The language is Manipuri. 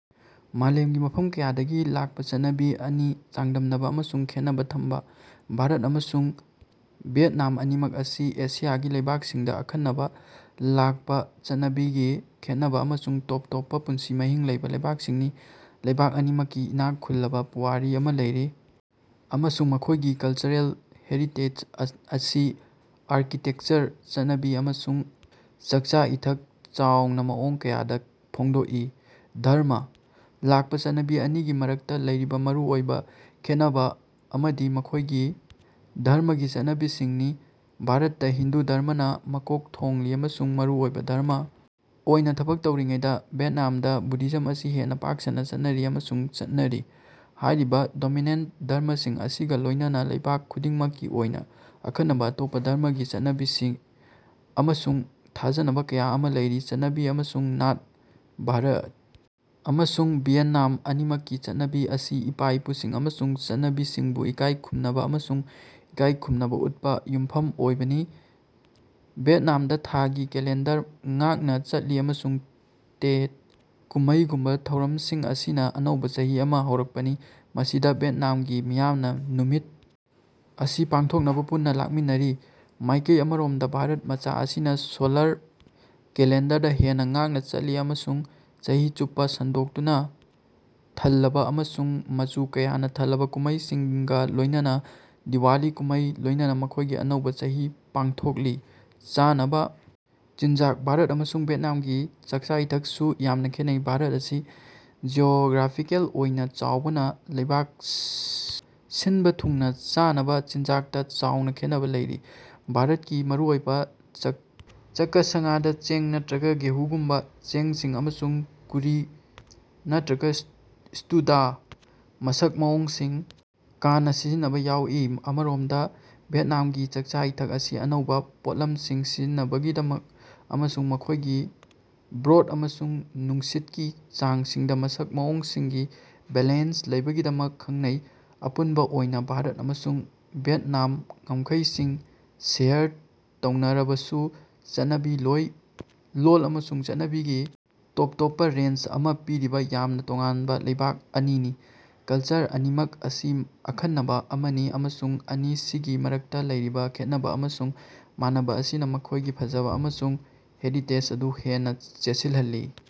ꯃꯥꯂꯦꯃꯒꯤ ꯃꯐꯝ ꯀꯌꯥꯗꯒꯤ ꯂꯥꯀꯄꯥꯪꯆꯠꯅꯕꯤ ꯑꯅꯤ ꯆꯥꯡꯗꯝꯅꯕꯥ ꯑꯃꯁꯨꯡ ꯈꯦꯠꯅꯕꯥ ꯊꯝꯕꯥ: ꯚꯥꯔꯠ ꯑꯃꯁꯨꯡ ꯚꯤꯌꯦꯠꯅꯥꯝ ꯑꯅꯤꯃꯛ ꯑꯁꯤ ꯑꯦꯁꯤꯌꯥꯒꯤ ꯂꯩꯕꯥꯛꯁꯤꯡꯗꯥ ꯑꯈꯟꯅꯕꯥ ꯂꯥꯀꯄꯥꯪꯆꯠꯅꯕꯤꯒꯤ ꯈꯦꯠꯅꯕꯥ ꯑꯃꯁꯨꯡ ꯇꯣꯞ ꯇꯣꯞꯄꯥ ꯄꯨꯟꯁꯤ ꯃꯍꯤꯡ ꯂꯩꯕꯥ ꯂꯩꯕꯥꯛꯁꯤꯡꯅꯤ꯫ ꯂꯩꯕꯥꯛ ꯑꯅꯤꯃꯛꯀꯤ ꯏꯅꯥꯛ ꯈꯨꯜꯂꯕꯥ ꯄꯨꯋꯥꯔꯤ ꯑꯃꯥ ꯂꯩꯔꯤ ꯑꯃꯁꯨꯡ ꯃꯈꯣꯏꯒꯤ ꯀꯜꯆꯔꯦꯜ ꯍꯦꯔꯤꯇꯦꯖ ꯑꯁꯤ ꯑꯥꯔꯀꯤꯇꯦꯀꯆꯔ, ꯆꯠꯅꯕꯤ, ꯑꯃꯁꯨꯡ ꯆꯥꯀꯆꯥ-ꯏꯊꯛ ꯌꯥꯎꯅꯥ ꯃꯑꯣꯡ ꯀꯌꯥꯗꯥ ꯐꯣꯡꯗꯣꯛꯏ꯫ ꯙꯔꯝꯃ: ꯂꯥꯀꯄꯥꯪꯆꯠꯅꯕꯤ ꯑꯅꯤꯒꯤ ꯃꯔꯛꯇꯥ ꯂꯩꯔꯤꯕꯥ ꯃꯔꯨ ꯑꯣꯏꯕꯥ ꯈꯦꯠꯅꯕꯥ ꯑꯃꯗꯤ ꯃꯈꯣꯌꯒꯤ ꯙꯔꯝꯃꯒꯤ ꯆꯠꯅꯕꯤꯁꯤꯡꯅꯤ꯫ ꯚꯥꯔꯠꯇꯥ ꯍꯤꯟꯗꯨ ꯙꯔꯝꯃꯅꯥ ꯃꯀꯣꯛ ꯊꯣꯡꯂꯤ ꯑꯃꯁꯨꯡ ꯃꯔꯨꯑꯣꯏꯕꯥ ꯙꯔꯝꯃ ꯑꯣꯏꯅꯥ ꯊꯕꯛ ꯇꯧꯔꯤꯉꯩꯗꯥ, ꯚꯤꯌꯦꯠꯅꯥꯝꯗꯥ ꯕꯨꯙꯤꯖꯝ ꯑꯁꯤ ꯍꯦꯟꯅꯥ ꯄꯥꯛ ꯁꯟꯅꯥ ꯆꯠꯅꯔꯤ ꯑꯃꯁꯨꯡ ꯆꯠꯅꯔꯤ꯫ ꯍꯥꯌꯔꯤꯕꯥ ꯗꯣꯃꯤꯅꯦꯟꯇ ꯙꯔꯝꯃꯁꯤꯡ ꯑꯁꯤꯒꯥ ꯂꯣꯌꯅꯅꯥ ꯂꯩꯕꯥꯛ ꯈꯨꯗꯤꯡꯃꯛꯀꯤ ꯑꯣꯏꯅꯥ ꯑꯈꯟꯅꯕꯥ ꯑꯇꯣꯞꯄꯥ ꯙꯔꯝꯃꯒꯤ ꯆꯠꯅꯕꯤ ꯑꯃꯁꯨꯡ ꯊꯥꯖꯕꯥ ꯀꯌꯥ ꯑꯃꯥ ꯂꯩꯔꯤ꯫ ꯆꯠꯅꯕꯤ ꯑꯃꯁꯨꯡ ꯅꯥꯠ: ꯚꯥꯔꯠ ꯑꯃꯁꯨꯡ ꯚꯤꯌꯦꯠꯅꯥꯝ ꯑꯅꯤꯃꯛꯀꯤ ꯆꯠꯅꯕꯤ ꯑꯁꯤ ꯏꯄꯥ-ꯏꯄꯨꯁꯤꯡ ꯑꯃꯁꯨꯡ ꯆꯠꯅꯕꯤꯁꯤꯡꯕꯨ ꯏꯀꯥꯌ ꯈꯨꯝꯅꯕꯥ ꯑꯃꯁꯨꯡ ꯏꯀꯥꯌꯈꯨꯝꯅꯕꯥ ꯎꯠꯄꯗꯥ ꯌꯨꯝꯐꯝ ꯑꯣꯏꯕꯅꯤ꯫ ꯚꯤꯌꯦꯠꯅꯥꯃꯗꯥ ꯊꯥꯒꯤ ꯀꯦꯂꯦꯟꯗꯔ ꯉꯥꯛꯅꯥ ꯆꯠꯂꯤ ꯑꯃꯁꯨꯡ ꯇꯦꯠ ꯀꯨꯝꯃꯩꯒꯨꯝꯕꯥ ꯊꯧꯔꯃꯁꯤꯡ ꯑꯁꯤꯅꯥ ꯑꯅꯧꯕꯥ ꯆꯍꯤ ꯑꯃꯥ ꯍꯧꯔꯛꯄꯅꯤ, ꯃꯁꯤꯗꯥ ꯚꯤꯌꯦꯠꯅꯥꯃꯒꯤ ꯃꯤꯌꯥꯝꯅꯥ ꯅꯨꯃꯤꯠ ꯑꯁꯤ ꯄꯥꯡꯊꯣꯛꯅꯕꯥ ꯄꯨꯟꯅꯥ ꯂꯥꯀꯃꯤꯟꯅꯔꯤ꯫ ꯃꯥꯌꯀꯩ ꯑꯃꯔꯣꯃꯗꯥ ꯚꯥꯔꯠ ꯃꯆꯥ ꯁꯤꯡꯅꯥ ꯁꯣꯂꯥꯔ ꯀꯦꯂꯦꯟꯗꯔꯗꯥ ꯍꯦꯟꯅꯥ ꯉꯥꯛꯅꯥ ꯆꯠꯂꯤ ꯑꯃꯁꯨꯡ ꯆꯍꯤ ꯆꯨꯞꯄꯥ ꯁꯟꯗꯣꯛꯇꯨꯅꯥ ꯊꯜꯂꯕꯥ ꯑꯃꯁꯨꯡ ꯃꯆꯨ ꯀꯌꯥꯅꯥ ꯊꯜꯂꯕꯥ ꯀꯨꯝꯃꯩꯁꯤꯡꯒꯥ ꯂꯣꯌꯅꯅꯥ ꯗꯤꯋꯥꯂꯤ ꯀꯨꯝꯃꯩꯒꯥ ꯂꯣꯌꯅꯅꯥ ꯃꯈꯣꯌꯒꯤ ꯑꯅꯧꯕꯥ ꯆꯍꯤ ꯄꯥꯡꯊꯣꯛꯂꯤ꯫ ꯆꯥꯅꯕꯥ ꯆꯤꯟꯖꯥꯛ: ꯚꯥꯔꯠ ꯑꯃꯁꯨꯡ ꯚꯤꯌꯦꯠꯅꯥꯃꯒꯤ ꯆꯥꯀꯆꯥ-ꯏꯊꯀꯁꯤꯡꯁꯨ ꯌꯥꯝꯅꯥ ꯈꯦꯠꯅꯩ꯫ ꯚꯥꯔꯠ ꯑꯁꯤ ꯖꯤꯑꯣꯒ꯭ꯔꯥꯐꯤꯀꯦꯜ ꯑꯣꯏꯅꯥ ꯆꯥꯎꯕꯅꯥ ꯂꯩꯕꯥꯛ ꯁꯤꯅꯕꯥ ꯊꯨꯡꯅꯥ ꯆꯥꯅꯕꯥ ꯆꯤꯟꯖꯥꯛꯇꯥ ꯆꯥꯎꯅꯥ ꯈꯦꯠꯅꯕꯥ ꯂꯩꯔꯤ꯫ ꯚꯥꯔꯇꯀꯤ ꯃꯔꯨꯑꯣꯏꯕꯥ ꯆꯥꯀꯁꯉꯗꯥ ꯆꯦꯡ ꯅꯠꯇ꯭ꯔꯒꯥ ꯒꯦꯍꯨꯒꯨꯝꯕꯥ ꯆꯦꯡꯁꯤꯡ, ꯑꯃꯁꯨꯡ ꯀꯨꯔꯤ ꯅꯠꯇ꯭ꯔꯒꯥ ꯁ꯭ꯇꯨꯗꯥ ꯃꯁꯛ ꯃꯑꯣꯡꯁꯤꯡ ꯀꯟꯅꯥ ꯁꯤꯖꯤꯟꯅꯕꯥ ꯌꯥꯎꯏ꯫ ꯑꯃꯔꯣꯃꯗꯥ ꯚꯤꯌꯦꯠꯅꯥꯃꯒꯤ ꯆꯥꯀꯆꯥ-ꯏꯊꯛ ꯑꯁꯤ ꯑꯅꯧꯕꯥ ꯄꯣꯠꯂꯝꯁꯤꯡ ꯁꯤꯖꯤꯟꯅꯕꯒꯤꯗꯃꯛ ꯑꯃꯁꯨꯡ ꯃꯈꯣꯌꯒꯤ ꯕ꯭ꯔꯣꯊ ꯑꯃꯁꯨꯡ ꯅꯨꯡꯁꯤꯠꯀꯤ ꯆꯥꯛꯁꯤꯡꯗꯥ ꯃꯁꯛ ꯃꯑꯣꯡꯁꯤꯡꯒꯤ ꯕꯦꯂꯦꯟꯁ ꯂꯩꯕꯒꯤꯗꯃꯛ ꯈꯉꯅꯩ꯫ ꯑꯄꯨꯟꯕꯥ ꯑꯣꯏꯅꯥ ꯚꯥꯔꯠ ꯑꯃꯁꯨꯡ ꯚꯤꯌꯦꯠꯅꯥꯝꯅꯥ ꯉꯝꯈꯩꯁꯤꯡ ꯁꯦꯌꯔ ꯇꯧꯅꯔꯕꯁꯨ, ꯆꯠꯅꯕꯤ, ꯂꯣꯜ ꯑꯃꯁꯨꯡ ꯆꯠꯅꯕꯤꯒꯤ ꯇꯣꯞ ꯇꯣꯞꯄꯥ ꯔꯦꯟꯖ ꯑꯃꯥ ꯄꯤꯔꯤꯕꯥ ꯌꯥꯝꯅꯥ ꯇꯣꯉꯥꯟꯕꯥ ꯂꯩꯕꯥꯛ ꯑꯅꯤꯅꯤ꯫ ꯀꯂꯆꯔ ꯑꯅꯤꯃꯛ ꯑꯁꯤ ꯑꯈꯟꯅꯕꯥ ꯑꯃꯅꯤ, ꯑꯃꯁꯨꯡ ꯑꯅꯤꯁꯤꯒꯤ ꯃꯔꯛꯇꯥ ꯂꯩꯔꯤꯕꯥ ꯈꯦꯠꯅꯕꯥ ꯑꯃꯁꯨꯡ ꯃꯥꯟꯅꯕꯥ ꯑꯁꯤꯅꯥ ꯃꯈꯣꯌꯒꯤ ꯐꯖꯕꯥ ꯑꯃꯁꯨꯡ ꯍꯦꯔꯤꯇꯦꯖ ꯑꯗꯨ ꯍꯦꯟꯅꯥ ꯆꯦꯠꯁꯤꯂꯍꯜꯂꯤ꯫